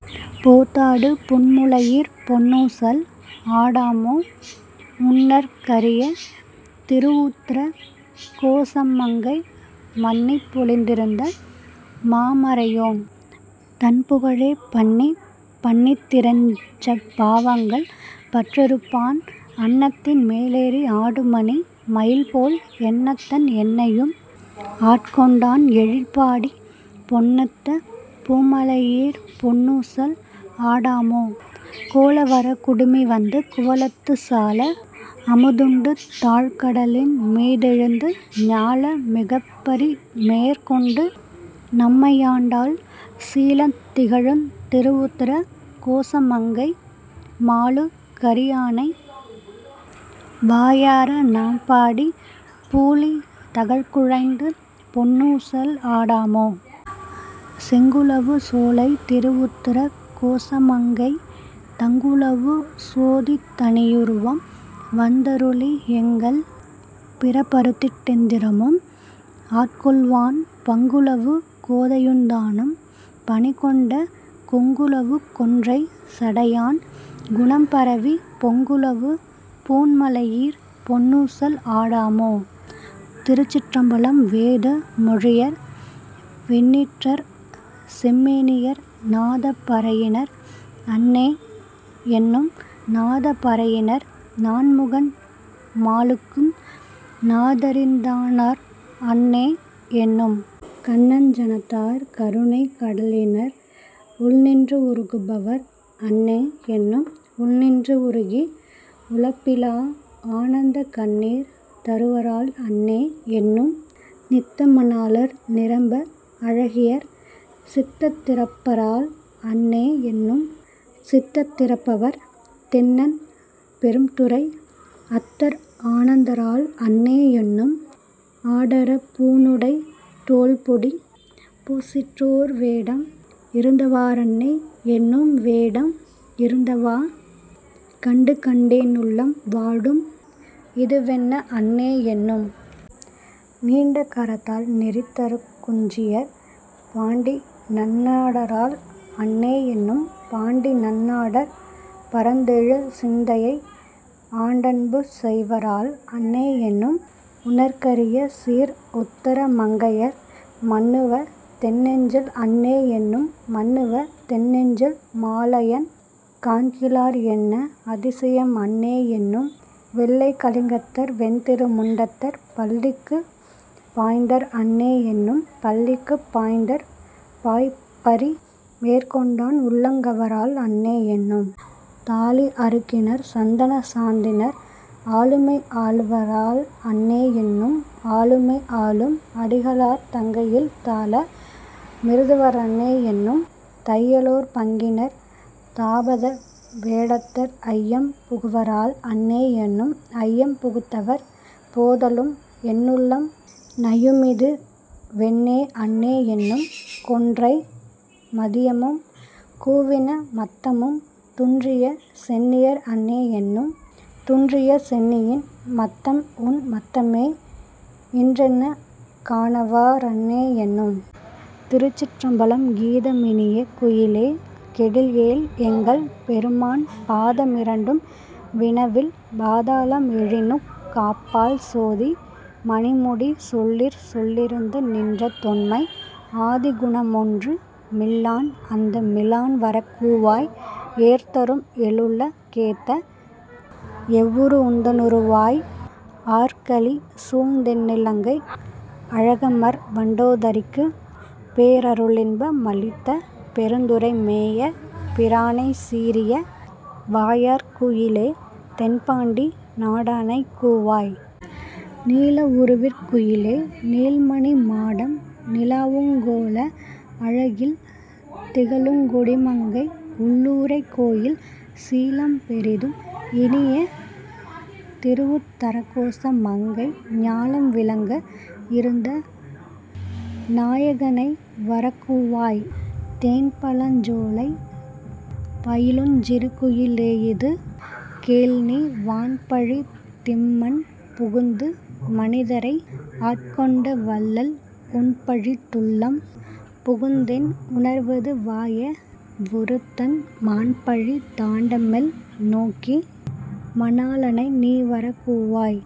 போதாடு பூண்முலையீர் பொன்னூசல் ஆடாமோ. உன்னற் கரியதிரு வுத்தர கோசமங்கை மன்னிப் பொலிந்திருந்த மாமறையோன் தன்புகழே பன்னிப் பணிந்திறைஞ்சப் பாவங்கள் பற்றறுப்பான் அன்னத்தின் மேலேறி ஆடுமணி மயில்போல் என்னத்தன் என்னையும் ஆட்கொண்டான் எழில்பாடிப் பொன்னொத்த பூண்முலையீர் பொன்னூசல் ஆடாமோ. கோலவரைக்குடுமி வந்து குவலத்துச் சால அமுதுண்டு தாழ்கடலின் மீதெழுந்து ஞால மிகப்பரிமேற் கொண்டு நமையாண்டான் சீலந் திகழுந் திருவுத்தர கோசமங்கை மாலுக் கரியானை வாயார நாம்பாடிப் பூலித் தகழ்குழைந்து பொன்னூசல் ஆடாமோ. தெங்குலவு சோலைத் திருஉத்தர கோசமங்கை தங்குலவு சோதித் தனியுருவம் வந்தருளி எங்கள் பிறப்பறுத்திட் டெந்தரமும் ஆட்கொள்வான் பங்குலவு கோதையுந் தானும் பணிகொண்ட கொங்குலவு கொன்றைச் சடையான் குணம்பரவிப் பொங்குலவு பூண்முலையீர் பொன்னூசல் ஆடாமோ. திருச்சிற்றம்பலம் வேத மொழியர்வெண் ணீற்றர்செம் மேனியர் நாதப் பறையினர் அன்னே என்னும் நாதப் பறையினர் நான்முகன் மாலுக்கும் நாதரிந் நாதனார் அன்னே என்னும். கண்ணஞ் சனத்தார் கருணைக் கடலினர் உள்நின் றுருக்குவர் அன்னே என்னும் உள்நின் றுருக்கி உலப்பிலா ஆனந்தக் கண்ணீர் தருவரால் அன்னே என்னும். நித்த மணாளர் நிரம்ப அழகியர் சித்தத் திருப்பரால் அன்னே என்னும் சித்தத் திருப்பவர் தென்னன் பெரும்துறை அத்தர்ஆ னந்தரால் அன்னே என்னும். ஆடரப் பூணுடைத் தோல்பொடிப் பூசிற்றோர் வேடம் இருந்தவா றன்னே என்னும் வேடம் இருந்தவா கண்டுகண் டென்னுள்ளம் வாடும் இதுவென்ன அன்னே என்னும். நீண்ட கரத்தர் நெறிதரு குஞ்சியர் பாண்டிநன் னாடரால் அன்னே என்னும் பாண்டிநன் னாடர் பரந்தெழு சிந்தையை ஆண்டன்பு செய்வரால் அன்னே என்னும். உன்னற் கரியசீர் உத்தர மங்கையர் மன்னுவ தென்நெஞ்சில் அன்னே என்னும் மன்னுவ தென்நெஞ்சில் மாலயன் காண்கிலார் என்ன அதியசம் அன்னே என்னும். வெள்ளைக் கலிங்கத்தர் வெண்திரு முண்டத்தர் பள்ளிக்குப் பாயந்தர் அன்னே என்னும் பள்ளிக்குப் பாயத்தர் பாய்பரி மேற்கொண்டான் உள்ளங் கவர்வரால் அன்னே என்னும். தாளி அறுகினர் சந்தனச் சாந்தினர் ஆளெம்மை ஆள்வரால் அன்னே என்னும் ஆளெம்மை ஆளும் அடிகளார் தங்கையில் தாள மிருந்தவா றன்னே என்னும். தையலோர் பங்கினர் தாபத வேடத்தர் ஐயம் புகுவரால் அன்னே என்னும் ஐயம் புகுந்தவர் போதலும் என்னுள்ளம் நையுமிது வென்னே அன்னே என்னும். கொன்றை மதியமும் கூவின மத்தமும் துன்றிய சென்னியர் அன்னே என்னும் துன்றிய சென்னியின் மத்தம்உன் மத்தமே இன்றெனக் கானவா றன்னே என்னும். திருச்சிற்றம்பலம் கீத மினிய குயிலே கேட்டியேல் எங்கள் பெருமான் பாத மிரண்டும் வினவில் பாதாளம் ஏழினுக் கப்பால் சோதி மணிமுடி சொல்லிற் சொல்லிறந்து நின்ற தொன்மை ஆதிகுண மொன்று மில்லான் அந்தமி லான்வரக் கூவாய். ஏர்தரும் ஏழுல கேத்த எவ்வுரு வுந்தன் னுருவாய் ஆர்கலி சூழ்தென் னிலங்கை அழகமர் வண்டோ தரிக்குப் பேரருளின்ப மளித்த பெருந்துறை மேய பிரானைச் சீரிய வாயாற் குயிலே தென்பாண்டி நாடனைக் கூவாய். நீல வுருவிற் குயிலே நீள்மணி மாடம் நிலாவுங் கோல அழகில் திகழுங் கொடிமங்கை உள்ளுறை கோயில் சீலம் பெரிதும் இனிய திருவுத் தரகோச மங்கை ஞாலம் விளங்க இருந்த நாயக னைவரக் கூவாய். தேன்பழச் சோலை பயிலுஞ் சிறுகுயி லேயிது கேள்நீ வான்பழித் திம்மண் புகுந்து மனிதரை ஆட்கொண்ட வள்ளல் ஊன்பழித் துள்ளம் புகுந்தென் உணர்வது வாய வொருத்தன் மான்பழித் தாண்டமெல் நோக்கி மணாளனை நீவரக் கூவாய்.